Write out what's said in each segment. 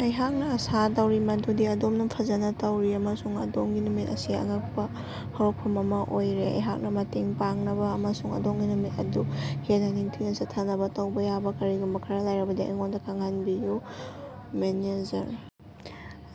ꯑꯩꯍꯥꯛꯅ ꯑꯥꯁꯥ ꯇꯧꯔꯤ ꯃꯗꯨꯗꯤ ꯑꯗꯣꯝꯅ ꯐꯖꯅ ꯇꯧꯔꯤ ꯑꯃꯁꯨꯡ ꯑꯗꯣꯝꯒꯤ ꯅꯨꯃꯤꯠ ꯑꯁꯤ ꯑꯉꯛꯄ ꯍꯧꯔꯛꯐꯝ ꯑꯃ ꯑꯣꯏꯔꯦ꯫ ꯑꯩꯍꯥꯛꯅ ꯃꯇꯦꯡ ꯄꯥꯡꯅꯕ ꯑꯃꯁꯨꯡ ꯑꯗꯣꯝꯒꯤ ꯅꯨꯃꯤꯠ ꯑꯗꯨ ꯍꯦꯟꯅ ꯅꯤꯡꯊꯤꯅ ꯆꯠꯊꯅꯕ ꯇꯧꯕ ꯌꯥꯕ ꯀꯔꯤꯒꯨꯝꯕ ꯈꯔ ꯂꯩꯔꯕꯗꯤ ꯑꯩꯉꯣꯟꯗ ꯈꯪꯍꯟꯕꯤꯌꯨ꯫ ꯃꯦꯅꯦꯖꯔ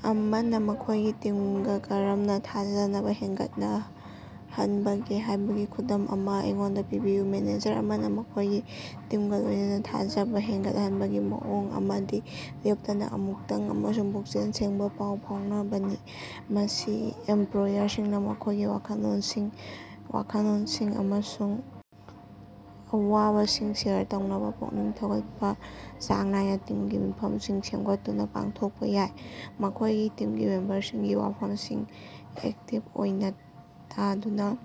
ꯑꯃꯅ ꯃꯈꯣꯏꯒꯤ ꯇꯤꯝꯒ ꯀꯔꯝꯅ ꯊꯥꯖꯕ ꯍꯦꯟꯒꯠꯍꯟꯕꯒꯦ ꯍꯥꯏꯕꯒꯤ ꯈꯨꯗꯝ ꯑꯃ ꯑꯩꯉꯣꯟꯗ ꯄꯤꯕꯤꯌꯨ꯫ ꯃꯦꯅꯦꯖꯔ ꯑꯃꯅ ꯃꯈꯣꯏꯒꯤ ꯇꯤꯝꯒ ꯂꯣꯏꯅꯅ ꯊꯥꯖꯕ ꯍꯦꯟꯒꯠꯍꯟꯕꯒꯤ ꯃꯑꯣꯡ ꯑꯃꯗꯤ ꯂꯦꯞꯇꯅ ꯑꯃꯨꯛꯇꯪ ꯑꯃꯁꯨꯡ ꯄꯨꯛꯆꯦꯜ ꯁꯦꯡꯕ ꯄꯥꯎ ꯐꯥꯎꯅꯕꯅꯤ꯫ ꯃꯁꯤ ꯑꯦꯝꯄ꯭ꯂꯣꯌꯔꯁꯤꯡꯅ ꯃꯈꯣꯏꯒꯤ ꯋꯥꯈꯜꯂꯣꯟꯁꯤꯡ, ꯋꯥꯈꯜꯂꯣꯟꯁꯤꯡ ꯑꯃꯁꯨꯡ ꯑꯋꯥꯕꯁꯤꯡ ꯁꯦꯌꯔ ꯇꯧꯅꯕ ꯄꯨꯛꯅꯤꯡ ꯊꯧꯒꯠꯄ ꯆꯥꯡ ꯅꯥꯏꯅ ꯇꯤꯝꯒꯤ ꯃꯤꯐꯝꯁꯤꯡ ꯁꯦꯝꯒꯠꯇꯨꯅ ꯄꯥꯡꯊꯣꯛꯄ ꯌꯥꯏ꯫ ꯃꯈꯣꯏꯒꯤ ꯇꯤꯝꯒꯤ ꯃꯦꯝꯕꯔꯁꯤꯡꯒꯤ ꯋꯥꯐꯝꯁꯤꯡ ꯑꯦꯛꯇꯤꯚ ꯑꯣꯏꯅ ꯇꯥꯗꯨꯅ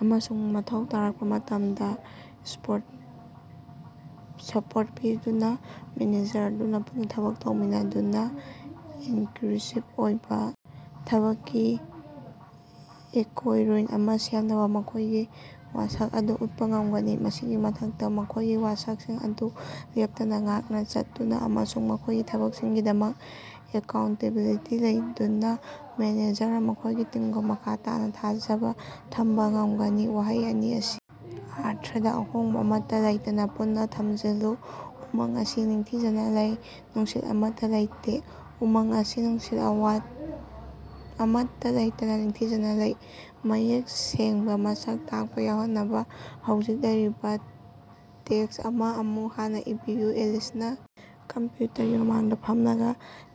ꯑꯃꯁꯨꯡ ꯃꯊꯧ ꯇꯥꯔꯛꯄ ꯃꯇꯝꯗ ꯁꯄꯣꯔꯠ ꯄꯤꯗꯨꯅ, ꯃꯦꯅꯦꯖꯔ ꯑꯗꯨꯅ ꯄꯨꯟꯅ ꯊꯕꯛ ꯇꯧꯃꯤꯟꯅꯗꯨꯅ ꯑꯃꯁꯨꯡ ꯏꯟꯀ꯭ꯂꯨꯁꯤꯚ ꯑꯣꯏꯕ ꯊꯕꯛꯀꯤ ꯑꯀꯣꯏꯔꯣꯟ ꯑꯃ ꯁꯦꯝꯅꯕ ꯃꯈꯣꯏꯒꯤ ꯋꯥꯁꯛ ꯑꯗꯨ ꯎꯠꯄ ꯉꯝꯒꯅꯤ꯫ ꯃꯁꯤꯒꯤ ꯃꯊꯛꯇ, ꯃꯈꯣꯏꯒꯤ ꯋꯥꯁꯛꯁꯤꯡ ꯑꯗꯨ ꯂꯦꯞꯇꯅ ꯉꯥꯛꯅ ꯆꯠꯇꯨꯅ ꯑꯃꯁꯨꯡ ꯃꯈꯣꯏꯒꯤ ꯊꯕꯛꯁꯤꯡꯒꯤꯗꯃꯛ ꯑꯦꯀꯥꯎꯟꯇꯦꯕꯤꯂꯤꯇꯤ ꯂꯩꯗꯨꯅ, ꯃꯦꯅꯦꯖꯔꯅ ꯃꯈꯣꯏꯒꯤ ꯇꯤꯝꯒ ꯃꯈꯥ ꯇꯥꯅ ꯊꯥꯖꯕ ꯊꯝꯕ ꯉꯝꯒꯅꯤ꯫ ꯋꯥꯍꯩ ꯑꯅꯤ ꯑꯁꯤ ꯑꯔꯊꯗ ꯑꯍꯣꯡꯕ ꯑꯃꯠꯇ ꯂꯩꯇꯅ ꯄꯨꯟꯅ ꯊꯝꯖꯤꯜꯂꯨ꯫ ꯎꯃꯪ ꯑꯁꯤ ꯅꯤꯡꯊꯤꯖꯅ ꯂꯩ꯫ ꯅꯨꯡꯁꯤꯠ ꯑꯃꯠꯇ ꯂꯩꯇꯦ꯫ ꯎꯃꯪ ꯑꯁꯤ ꯅꯨꯡꯁꯤꯠ ꯑꯃꯠꯇ ꯂꯩꯇꯅ ꯅꯤꯡꯊꯤꯖꯅ ꯂꯩ꯫ ꯃꯌꯦꯛ ꯁꯦꯡꯕ ꯃꯁꯛ ꯇꯥꯛꯄ ꯌꯥꯎꯍꯟꯅꯕ ꯍꯧꯖꯤꯛ ꯂꯩꯔꯤꯕ ꯇꯦꯛꯁ ꯑꯃ ꯑꯃꯨꯛ ꯍꯟꯅ ꯏꯕꯤꯌꯨ꯫ ꯑꯦꯂꯤꯁꯅ ꯀꯝꯄ꯭ꯌꯨꯇꯔꯒꯤ ꯃꯃꯥꯡꯗ ꯐꯝꯂꯒ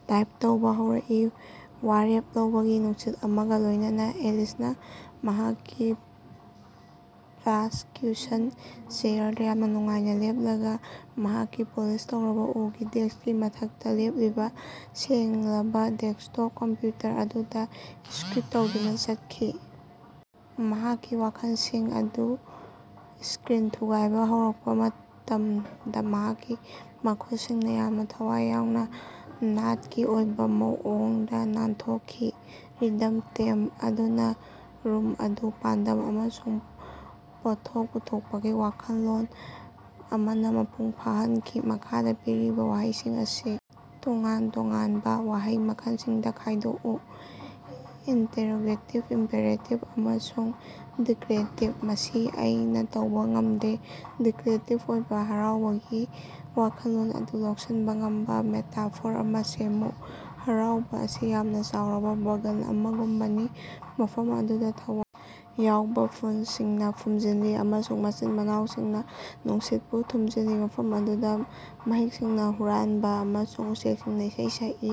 ꯇꯥꯏꯞ ꯇꯧꯕ ꯍꯧꯔꯛꯏ꯫ ꯋꯥꯔꯦꯞ ꯂꯧꯕꯒꯤ ꯅꯨꯡꯁꯤꯠ ꯑꯃꯒ ꯂꯣꯏꯅꯅ ꯑꯦꯂꯤꯁꯅ ꯃꯍꯥꯛꯀꯤ ꯄ꯭ꯂꯥꯁ, ꯀꯨꯁꯟ ꯆꯦꯌꯔꯗ ꯌꯥꯝꯅ ꯅꯨꯡꯉꯥꯏꯅ ꯂꯦꯞꯂꯒ ꯃꯍꯥꯛꯀꯤ ꯄꯣꯂꯤꯁ ꯇꯧꯔꯕ ꯎꯒꯤ ꯗꯦꯛꯁꯀꯤ ꯃꯊꯛꯇ ꯂꯦꯞꯂꯤꯕ ꯁꯦꯡꯂꯕ ꯗꯦꯛꯁꯇꯣꯞ ꯀꯝꯄ꯭ꯌꯨꯇꯔ ꯑꯗꯨꯗ ꯁ꯭ꯀꯨꯠ ꯇꯧꯗꯨꯅ ꯆꯠꯈꯤ꯫ ꯃꯍꯥꯛꯀꯤ ꯋꯥꯈꯜꯁꯤꯡ ꯑꯗꯨ ꯁ꯭ꯀꯔꯤꯟꯗ ꯊꯨꯒꯥꯏꯕ ꯍꯧꯔꯛꯄ ꯃꯇꯝꯗ ꯃꯍꯥꯛꯀꯤ ꯃꯈꯨꯠꯁꯤꯡꯅ ꯌꯥꯝꯅ ꯊꯋꯥꯏ ꯌꯥꯎꯅ ꯅꯥꯠꯀꯤ ꯑꯣꯏꯕ ꯃꯑꯣꯡꯗ ꯅꯥꯟꯊꯣꯛꯈꯤ, ꯔꯤꯗꯝ ꯇꯦꯞ ꯑꯗꯨꯅ ꯔꯨꯝ ꯑꯗꯨ ꯄꯥꯟꯗꯝ ꯑꯃꯁꯨꯡ ꯄꯣꯠꯊꯣꯛ ꯄꯨꯊꯣꯛꯄꯒꯤ ꯋꯥꯈꯜꯂꯣꯟ ꯑꯃꯅ ꯃꯄꯨꯡ ꯐꯥꯍꯟꯈꯤ꯫ ꯃꯈꯥꯗ ꯄꯤꯔꯤꯕ ꯋꯥꯍꯩꯁꯤꯡ ꯑꯁꯤ ꯇꯣꯉꯥꯟ ꯇꯣꯉꯥꯟꯕ ꯋꯥꯍꯩ ꯃꯈꯜꯁꯤꯡꯗ ꯈꯥꯏꯗꯣꯛꯎ – ꯏꯟꯇꯔꯔꯣꯒꯦꯇꯤꯕ, ꯏꯝꯄꯦꯔꯦꯇꯤꯕ, ꯑꯃꯁꯨꯡ ꯗꯤꯀ꯭ꯂꯔꯦꯇꯤꯕ꯫ ꯃꯁꯤ ꯑꯩꯅ ꯇꯧꯕ ꯉꯝꯗꯦ꯫ ꯗꯤꯀ꯭ꯂꯔꯦꯇꯤꯕ ꯑꯣꯏꯕ꯫ ꯍꯔꯥꯎꯕꯒꯤ ꯋꯥꯈꯜꯂꯣꯟ ꯑꯗꯨ ꯂꯧꯁꯤꯟꯕ ꯉꯝꯕ ꯃꯦꯇꯥꯐꯣꯔ ꯑꯃ ꯁꯦꯝꯃꯨ꯫ ꯍꯔꯥꯎꯕ ꯑꯁꯤ ꯌꯥꯝꯅ ꯆꯥꯎꯔꯕ ꯕꯒꯥꯟ ꯑꯃꯒꯨꯝꯕꯅꯤ, ꯃꯐꯝ ꯑꯗꯨꯗ ꯊꯋꯥꯏ ꯌꯥꯎꯕ ꯐꯨꯜꯁꯤꯡꯅ ꯐꯨꯝꯖꯤꯜꯂꯤ ꯑꯃꯁꯨꯡ ꯃꯆꯤꯟ-ꯃꯅꯥꯎꯁꯤꯡꯅ ꯅꯨꯡꯁꯤꯠꯄꯨ ꯊꯨꯝꯖꯤꯜꯂꯤ, ꯃꯐꯝ ꯑꯗꯨꯗ ꯃꯍꯤꯛꯁꯤꯡꯅ ꯍꯨꯔꯥꯟꯕ ꯑꯃꯁꯨꯡ ꯎꯆꯦꯛꯁꯤꯡꯅ ꯏꯁꯩ ꯁꯛꯏ,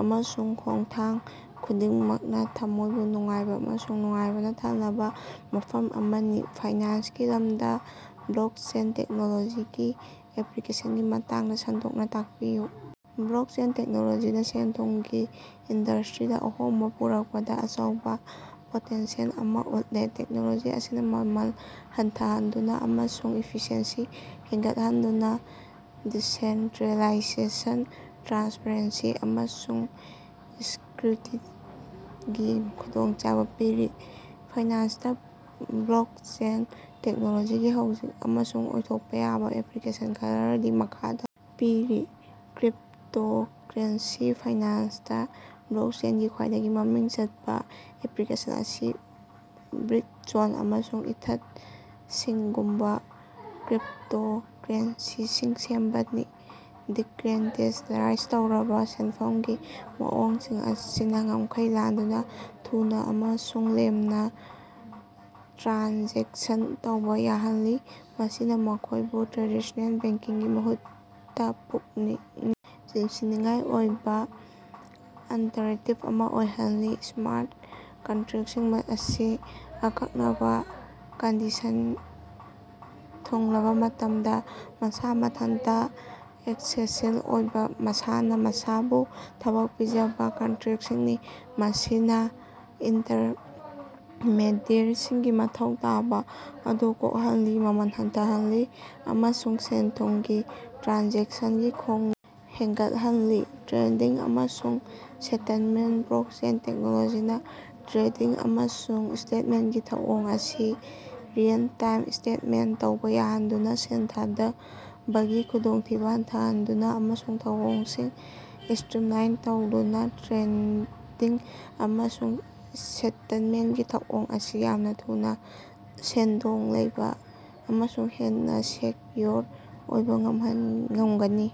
ꯑꯃꯁꯨꯡ ꯈꯣꯡꯊꯥꯡ ꯈꯨꯗꯤꯡꯃꯛꯅ ꯊꯝꯃꯣꯏꯕꯨ ꯅꯨꯡꯉꯥꯏꯕ ꯑꯃꯁꯨꯡ ꯅꯨꯡꯉꯥꯏꯕꯅ ꯊꯜꯂꯕ ꯃꯐꯝ ꯑꯃꯅꯤ꯫ ꯐꯥꯏꯅꯥꯟꯁꯀꯤ ꯂꯝꯗ ꯕ꯭ꯂꯣꯛꯆꯦꯟ ꯇꯦꯛꯅꯣꯂꯣꯖꯤꯒꯤ ꯑꯦꯄ꯭ꯂꯤꯀꯦꯁꯟꯒꯤ ꯃꯇꯥꯡꯗ ꯁꯟꯗꯣꯛꯅ ꯇꯥꯛꯄꯤꯌꯨ꯫ ꯕ꯭ꯂꯣꯛꯆꯦꯟ ꯇꯦꯛꯅꯣꯂꯣꯖꯤꯅ ꯁꯦꯜ-ꯊꯨꯝꯒꯤ ꯏꯟꯗꯁꯇ꯭ꯔꯤꯗ ꯑꯍꯣꯡꯕ ꯄꯨꯔꯛꯄꯗ ꯑꯆꯧꯕ ꯄꯣꯇꯦꯟꯁꯤꯌꯦꯜ ꯑꯃ ꯎꯠꯂꯦ꯫ ꯇꯦꯛꯅꯣꯂꯣꯖꯤ ꯑꯁꯤꯅ ꯃꯃꯜ ꯍꯟꯊꯍꯟꯗꯨꯅ ꯑꯃꯁꯨꯡ ꯏꯐꯤꯁꯤꯑꯦꯟꯁꯤ ꯍꯦꯟꯒꯠꯍꯟꯗꯨꯅ ꯗꯤꯁꯦꯟꯇ꯭ꯔꯦꯂꯥꯏꯖꯦꯁꯟ, ꯇ꯭ꯔꯥꯟꯁꯄꯔꯦꯟꯁꯤ, ꯑꯃꯁꯨꯡ ꯁꯦꯀ꯭ꯌꯨꯔꯤꯇꯤꯒꯤ ꯈꯨꯗꯣꯡꯆꯥꯕ ꯄꯤꯔꯤ꯫ ꯐꯥꯏꯅꯥꯟꯁꯇ ꯕ꯭ꯂꯣꯀꯆꯦꯟ ꯇꯦꯛꯅꯣꯂꯣꯖꯤꯒꯤ ꯍꯧꯖꯤꯛ ꯑꯃꯁꯨꯡ ꯑꯣꯏꯊꯣꯛꯄ ꯌꯥꯕ ꯑꯦꯄ꯭ꯂꯤꯀꯦꯁꯟ ꯈꯔꯗꯤ ꯃꯈꯥꯗ ꯄꯤꯔꯤ꯫ ꯀ꯭ꯔꯤꯞꯇꯣꯀꯔꯦꯟꯁꯤ: ꯐꯥꯏꯅꯥꯟꯁꯇ ꯕ꯭ꯂꯣꯛꯆꯦꯟꯒꯤ ꯈ꯭ꯋꯥꯏꯗꯒꯤ ꯃꯃꯤꯡ ꯆꯠꯄ ꯑꯦꯄ꯭ꯂꯤꯀꯦꯁꯟ ꯑꯁꯤ ꯕꯤꯠꯆꯣꯟ ꯑꯃꯁꯨꯡ ꯏꯊꯠꯁꯤꯡꯒꯨꯝꯕ ꯀ꯭ꯔꯤꯞꯇꯣꯀꯔꯦꯟꯁꯤꯁꯤꯡ ꯁꯦꯝꯕꯅꯤ꯫ ꯗꯤꯁꯦꯟꯇ꯭ꯔꯦꯂꯥꯏꯖ ꯇꯧꯔꯕ ꯁꯦꯟꯐꯝꯒꯤ ꯃꯑꯣꯡꯁꯤꯡ ꯑꯁꯤꯅ ꯉꯝꯈꯩ ꯂꯥꯟꯗꯨꯅ ꯊꯨꯅ ꯑꯃꯁꯨꯡ ꯂꯦꯝꯅ ꯇ꯭ꯔꯥꯟꯖꯦꯛꯁꯟꯁꯤꯡ ꯇꯧꯕ ꯌꯥꯍꯜꯂꯤ, ꯃꯁꯤꯅ ꯃꯈꯣꯏꯕꯨ ꯇ꯭ꯔꯦꯗꯤꯁꯅꯦꯜ ꯕꯦꯡꯀꯤꯡꯒꯤ ꯃꯍꯨꯠꯇ ꯄꯨꯛꯅꯤꯡ ꯆꯤꯡꯁꯤꯟꯅꯤꯡꯉꯥꯏ ꯑꯣꯏꯕ ꯑꯜꯇꯔꯅꯦꯇꯤꯕ ꯑꯃ ꯑꯣꯏꯍꯜꯂꯤ꯫ ꯁ꯭ꯃꯥꯔꯠ ꯀꯟꯇ꯭ꯔꯦꯛꯁꯤꯡ: ꯃꯁꯤ ꯑꯀꯛꯅꯕ ꯀꯟꯗꯤꯁꯟꯁꯤꯡ ꯊꯨꯡꯂꯕ ꯃꯇꯝꯗ ꯃꯁꯥ ꯃꯊꯟꯇ ꯑꯦꯛꯁꯦꯁꯤꯕꯜ ꯑꯣꯏꯕ ꯃꯁꯥꯅ ꯃꯁꯥꯕꯨ ꯊꯕꯛ ꯄꯤꯖꯕ ꯀꯟꯇ꯭ꯔꯦꯛꯁꯤꯡꯅꯤ꯫ ꯃꯁꯤꯅ ꯏꯟꯇꯔꯃꯦꯗꯤꯑꯦꯔꯤꯁꯤꯡꯒꯤ ꯃꯊꯧ ꯇꯥꯕ ꯑꯗꯨ ꯀꯣꯛꯍꯜꯂꯤ, ꯃꯃꯜ ꯍꯟꯊꯍꯜꯂꯤ ꯑꯃꯁꯨꯡ ꯁꯦꯜ-ꯊꯨꯝꯒꯤ ꯇ꯭ꯔꯥꯟꯖꯦꯛꯁꯟꯁꯤꯡꯒꯤ ꯈꯣꯡꯖꯦꯜ ꯍꯦꯟꯒꯠꯍꯜꯂꯤ꯫ ꯇ꯭ꯔꯦꯗꯤꯡ ꯑꯃꯁꯨꯡ ꯁꯦꯇꯜꯃꯦꯟꯠ: ꯕ꯭ꯂꯣꯛꯆꯦꯟ ꯇꯦꯛꯅꯣꯂꯣꯖꯤꯅ ꯇ꯭ꯔꯦꯗꯤꯡ ꯑꯃꯁꯨꯡ ꯁꯦꯇꯜꯃꯦꯟꯠꯀꯤ ꯊꯧꯑꯣꯡ ꯑꯁꯤ ꯔꯤꯑꯦꯜ-ꯇꯥꯏꯝ ꯁꯦꯇꯜꯃꯦꯟꯠ ꯇꯧꯕ ꯌꯥꯍꯟꯗꯨꯅ, ꯁꯦꯜ ꯊꯥꯗꯕꯒꯤ ꯈꯨꯗꯣꯡꯊꯤꯕ ꯍꯟꯊꯍꯟꯗꯨꯅ ꯑꯃꯁꯨꯡ ꯊꯧꯑꯣꯡꯁꯤꯡ ꯁ꯭ꯇꯔꯤꯝꯂꯥꯏꯟ ꯇꯧꯗꯨꯅ ꯇ꯭ꯔꯦꯗꯤꯡ ꯑꯃꯁꯨꯡ ꯁꯦꯇꯜꯃꯦꯟꯠꯀꯤ ꯊꯧꯑꯣꯡ ꯑꯁꯤ ꯌꯥꯝꯅ ꯊꯨꯅ, ꯁꯦꯟꯗꯣꯡ ꯂꯩꯕ ꯑꯃꯁꯨꯡ ꯍꯦꯟꯅ ꯁꯦꯛꯌꯨꯔ ꯑꯣꯏꯍꯟꯕ ꯉꯝꯒꯅꯤ꯫